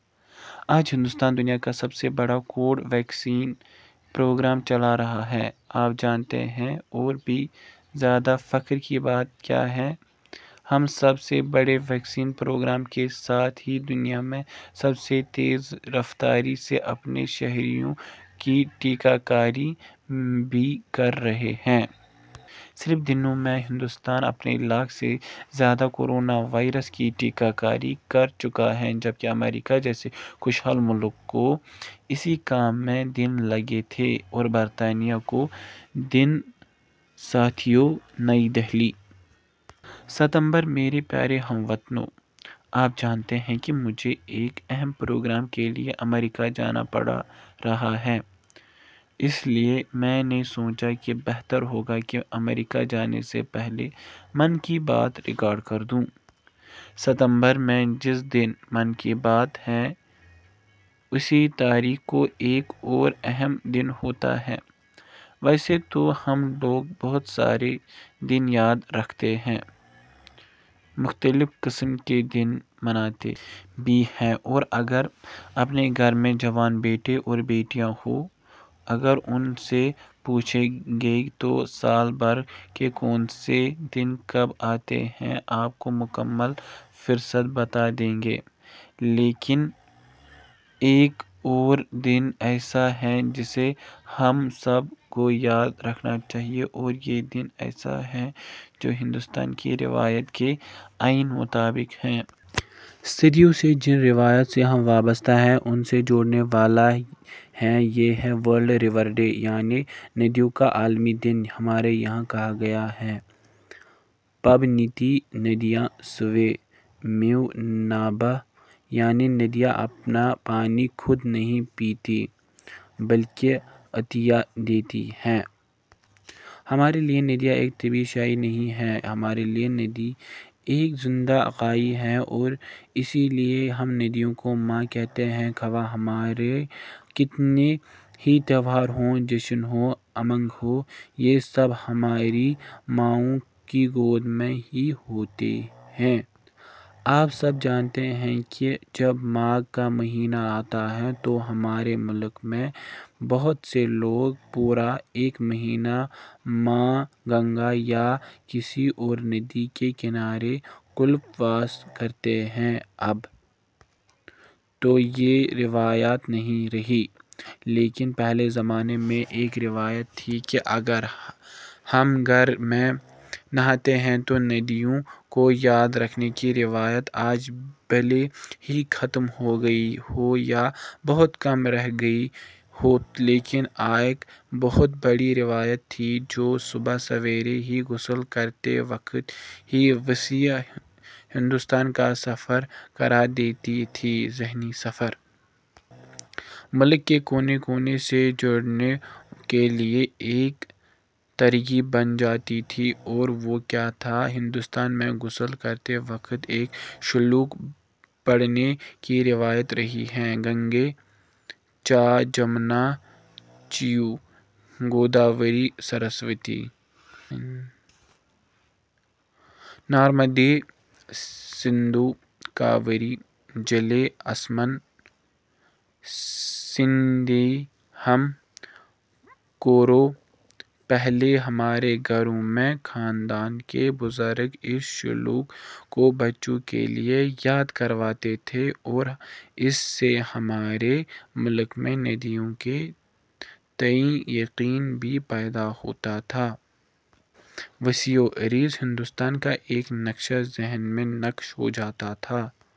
آج ہندوستان دنیا کا سب سے بڑاکووڈ ویکسین پروگرام چلا رہا ہے۔ آپ جانتے ہیں، اور بھی زیادہ فخر کی بات کیا ہے ؟ ہم سب سے بڑے ویکسین پروگرام کے ساتھ ہی دنیا میں سب سے تیز رفتاری سے اپنے شہریوں کی ٹیکہ کاری بھی کر رہے ہیں۔ صرف دنوں میں، ہندوستان ، اپنے لاکھ سے زیادہ، کورونا واریرس کی ٹیکہ کاری کر چکا ہے، جبکہ، امریکہ جیسے خوشحال ملک کو، اسی کام میں، دن لگے تھے اور برطانیہ کو دن۔ ساتھیو! نئی دہلی۔ ستمبر میرے پیارے ہم وطنو! آپ جانتے ہیں کہ مجھے ایک اہم پروگرام کے لیے امریکہ جانا پڑ رہا ہے اس لیے میں نے سوچا کہ بہتر ہوگا کہ امریکہ جانے سے پہلے 'من کی بات' ریکارڈ کردوں ۔ ستمبر میں جس دن 'من کی بات' ہے اسی تاریخ کو ایک اور اہم دن ہوتا ہے۔ ویسے تو ہم لوگ بہت سارے دن یاد رکحتے ہیں ، مختلف قسم کے دن مناتے بھی ہیں ، اور اگر اپنے گھر میں جوان بیٹے اور بیٹیاں ہوں ، اگر ان سے پوچھیں گے تو سال بھر کے کون سے دن کب آتے ہیں ، آپ کو مکمل فہرست بتادیں گے ، لیکن ایک اور دن ایسا ہے جسے ہم سب کو یاد رکھنا چاہیے اور یہ دن ایسا ہے جو ہندوستان کی روایات کے عین مطابق ہے۔ صدیوں سے جن روایات سے ہم وابستہ ہیں ان سے جوڑنے والا ہے ۔ یہ ہے 'ورلڈ ریور ڈے' ہے یعنی 'ندیوں کا عالمی دن '۔ ہمارے یہاں کہا گیا ہے – "پبنتی ندیہ ، سوے – میو نامبہ: یعنی ندیاں اپنا پانی خود نہیں پیتیں ، بلکہ عطیہ دیتی ہیں۔ ہمارے لیے ندیاں ایک طبعی شئے نہیں ہے، ہمارے لیے ندی ایک زندہ اکائی ہے اور اسی لیے ہم ندیوں کو ماں کہتے ہیں۔ خواہ ہمارے کتنے ہی تہوار ہوں ، جشن ہو، امنگ ہو، یہ سب ہماری ماؤں کی گود میں ہی ہوتے ہیں۔ آپ سب جانتے ہیں کہ جب ماگھ کا مہینہ آتا ہے تو ہمارے ملک میں بہت سے لوگ پورا ایک مہینہ ماں گنگا یا کسی اورندی کے کنارے کلپ واس کرتے ہیں۔ اب تو یہ روایت نہیں رہی ، لیکن پہلے زمانے میں ایک روایت تھی کہ اگر ہم گھر میں نہاتے ہیں تو ندیوں کو یاد رکھنے کی روایت آج بھلے ہی ختم ہو گئی ہو یا بہت کم رہ گئی ہو لیکن ایک بہت بڑی روایت تھی جو صبح سویرے ہی غسل کرتے وقت ہی وسیع ہندوستان کا سفر کرا دیتی تھی ، ذہنی سفر! ملک کے کونے کونے سے جڑنے کے لیے ایک ترغیب بن جاتی تھی۔ اور وہ کیا تھا ، ہندوستان میں غسل کرتے وقت ایک شلوک پڑھنے کی روایت رہی ہے– گنگے چا جمنا چیو گوداوری سرسوتی۔ نرمدے سندھو کاویری جلے اسمن سنیدھم کورو پہلے ہمارے گھروں میں خاندان کے بزرگ اس شلوک کو بچوں کے لیے یاد کرواتے تھے اور اس سے ہمارے ملک میں نیدیوں کے تئیں یقین بھی پیدا ہوتا تھا۔ وسیع و عریض ہندوستان کا ایک نقشہ ذہن میں نقش ہوجاتا تھا۔